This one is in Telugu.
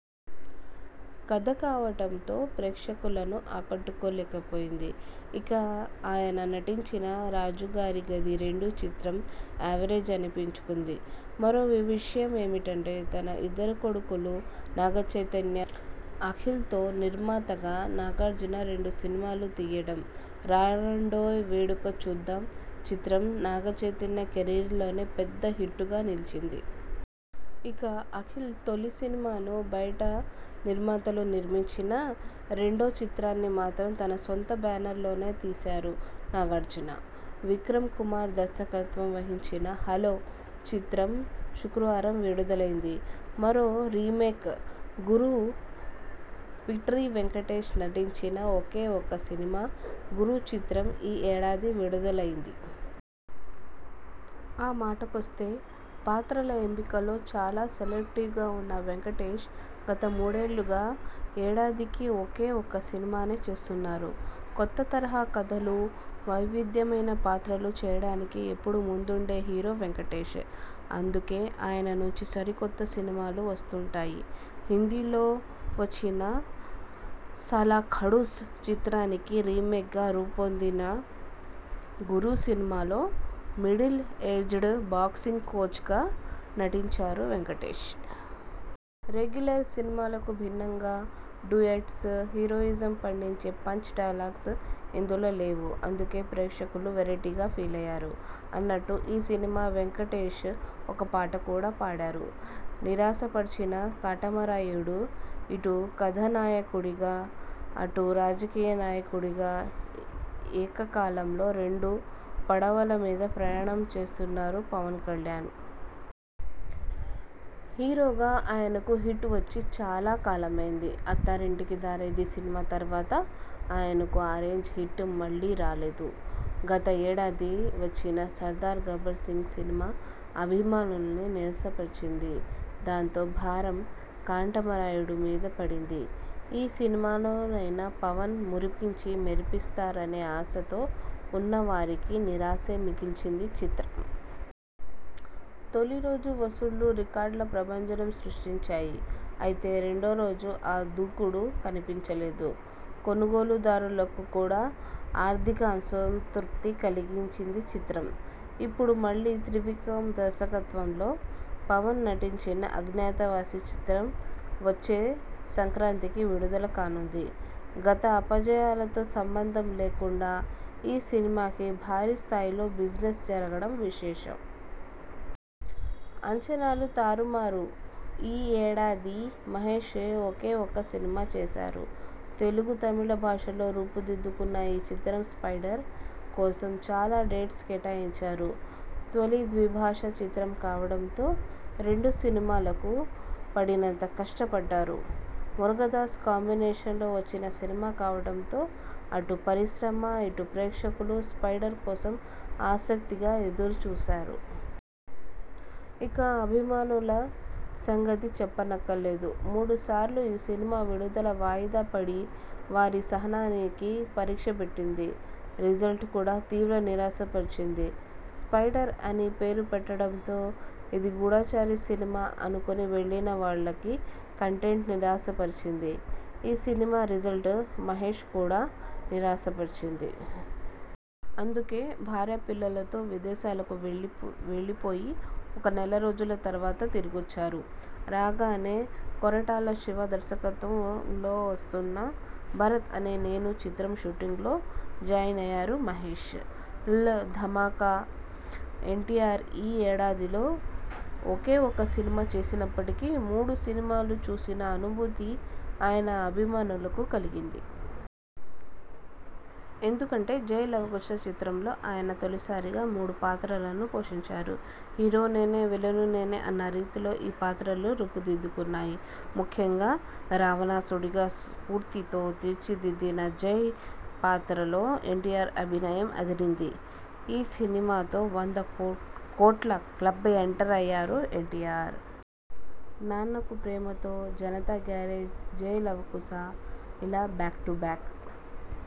కథ కావడంతో ప్రేక్షులను ఆకట్టుకోలేకపోయింది. ఇక ఆయన నటించిన 'రాజుగారి గది రెండు' చిత్రం యావరేజ్ అనిపించుకొంది. మరో విషయమేమిటంటే తన ఇద్దరు కొడుకులు నాగచైతన్య, అఖిల్తో నిర్మాతగా నాగార్జున రెండు సినిమాలు తీయడం. 'రారండోయ్ వేడుక చూద్దాం' చిత్రం నాగచైతన్య కెరీర్లోనే పెద్ద హిట్గా నిలిచింది. ఇక అఖిల్ తొలి సినిమాను బయటి నిర్మాతలు నిర్మించినా, రెండో చిత్రాన్ని మాత్రం తన సొంత బేనరు లోనే తీశారు నాగార్జున. విక్రమ్ కుమార్ దర్శకత్వం వహించిన 'హలో' చిత్రం శుక్రవారం విడుదలైంది. మరో రీమేక్ 'గురు'విక్టరీ వెంకటేశ్ నటించిన ఒకే ఒక్క సినిమా 'గురు' చిత్రం ఈ ఏడాది విడుదలైంది. ఆ మాట కొస్తే పాత్రల ఎంపికలో చాలా సెలెక్టివ్గా ఉంటున్న వెంకటేశ్ గత మూడేళ్లుగా ఏడాదికి ఒకే ఒక్క సినిమానే చేస్తున్నారు. కొత్త తరహా కథలు, వైవిధ్యమైన పాత్రలు చేయడానికి ఎప్పుడూ ముందుండే హీరో వెంకటేశ్. అందుకే ఆయన నుంచి సరికొత్త సినిమాలు వస్తుంటాయి. హిందీలో వచ్చిన 'సాలా ఖడూస్' చిత్రానికి రీమేక్గా రూపుదిద్దుకొన్న 'గురు' సినిమాలో మిడిల్ ఏజ్డ్ బాక్సింగ్ కోచ్గా నటించారు వెంకటేశ్. రెగ్యులర్ సినిమాలకు భిన్నంగా డ్యూయెట్స్, హీరోయిజం పండించే పంచ్ డైలాగ్స్ ఇందులో లేవు. అందుకే ప్రేక్షకులు వెరైటీగా ఫీలయ్యారు. అన్నట్లు ఈ సినిమాలో వెంకటేశ్ ఒక పాట కూడా పాడారు. నిరాశపర్చిన 'కాటమరాయుడు'ఇటు కథా నాయకునిగా, అటు రాజకీయ నాయకునిగా ఏక కాలంలో రెండు పడవల మీద ప్రయాణం చేస్తున్నారు పవన్కల్యాణ్. హీరోగా ఆయనకు హిట్ వచ్చి చాలా కాలమైంది. 'అత్తారింటికి దారేది' సినిమా తర్వాత ఆయనకు ఆ రేంజ్ హిట్ మళ్లీ లేదు. గత ఏడాది వచ్చిన 'సర్దార్ గబ్బర్సింగ్' సినిమా అభిమానుల్ని నిరాశపరిచింది. దాంతో భారం 'కాటమరాయుడు' మీద పడింది. ఈ సినిమాతోనైనా పవన్ మురిపించి మెరిపిస్తారనే ఆశతో ఉన్న వారికి నిరాశే మిగిల్చిందీ చిత్రం. తొలి రోజు వసూళ్లు రికార్డుల ప్రభంజనం సృష్టించాయి. అయితే రెండో రోజు ఆ దూకుడు కనిపించలేదు. కొనుగోలుదారులకు కూడా ఆర్ఠిక అసంతృప్తిని కలిగించిందీ చిత్రం. ఇప్పుడు మళ్లీ త్రివిక్రమ్ దర్శకత్వంలో పవన్ నటించిన 'అజ్ఞాతవాసి' చిత్రం వచ్చే సంక్రాంతికి విడుదల కానుంది. గత అపజయాలతో సంబంధం లేకుండా ఈ సినిమాకి భారీ స్థాయిలో బిజినెస్ జరగడం విశేషం. అంచనాలు తారుమారు ఈ ఏడాది మహేశ్ ఒకే ఒక్క సినిమా చేశారు. తెలుగు, తమిళ భాషల్లో రూపుదిద్దుకొన్న ఆ చిత్రం 'స్పైడర్' కోసం చాలా డేట్స్ కేటాయించారు. తొలి ద్విభాషా చిత్రం కావడంతో రెండు సినిమాలకు పడినంత కష్టం పడ్డారు. మురుగదాస్ కాంబినేషన్లో వచ్చే సినిమా కావడంతో అటు పరిశ్రమ, ఇటు ప్రేక్షకులు 'స్పైడర్' కోసం ఆసక్తిగా ఎదురుచూశారు. ఇక అభిమానుల సంగతి చెప్పనక్కర్లేదు. మూడు సార్లు ఈ సినిమా విడుదల వాయిదా పడి వారి సహనానికి పరీక్ష పెట్టింది. రిజల్ట్ కూడా తీవ్రనిరాశ పరిచింది. 'స్పైడర్' అని పేరు పెట్టడంతో ఇది గూఢచారి సినిమా అనుకొని వెళ్లిన వాళ్లకి కంటెంట్ నిరాశపరిచింది. ఈ సినిమా రిజల్ట్ మహేశ్ కూడా నిరాశపరిచింది. అందుకే భార్యా పిల్లలతో విదేశాలకు వెళ్లి పోయి ఓ నెల రోజుల తర్వాత తిరిగొచ్చారు. రాగానే కొరటాల శివ దర్శకత్వం వహిస్తున్న 'భరత్ అనే నేను' చిత్రం షూటింగ్లో జాయిన్ అయ్యారు మహేశ్. ల్ ధమాకా! ఎన్టీఆర్ ఈ ఏడాదిలో ఒకే ఒక్క సినిమా చేసినప్పటికీ మూడు సినిమాలు చూసిన అనుభూతి ఆయన అభిమానులకు కలిగింది. ఎందుకంటే 'జై లవకుశ' చిత్రంలో ఆయన తొలిసారిగా మూడు పాత్రలను పోషించారు. 'హీరో నేనే విలనూ నేనే' అన్న రీతిలో ఈ పాత్రలు రూపుదిద్దుకొన్నాయి. ముఖ్యంగా రావణాసురుడి స్ఫూర్త్తితో తీర్చిదిద్దిన 'జై' పాత్రలో ఎన్టీఆర్ అభినయం అదిరింది. ఈ సినిమాతో వంద కోట్ల క్లబ్లో ఎంటర్ అయ్యారు ఎన్టీఆర్. 'నాన్నకు ప్రేమతో', 'జనతా గ్యారేజ్', 'జై లవకుశ' ఇలా బ్యాక్ టు బ్యాక్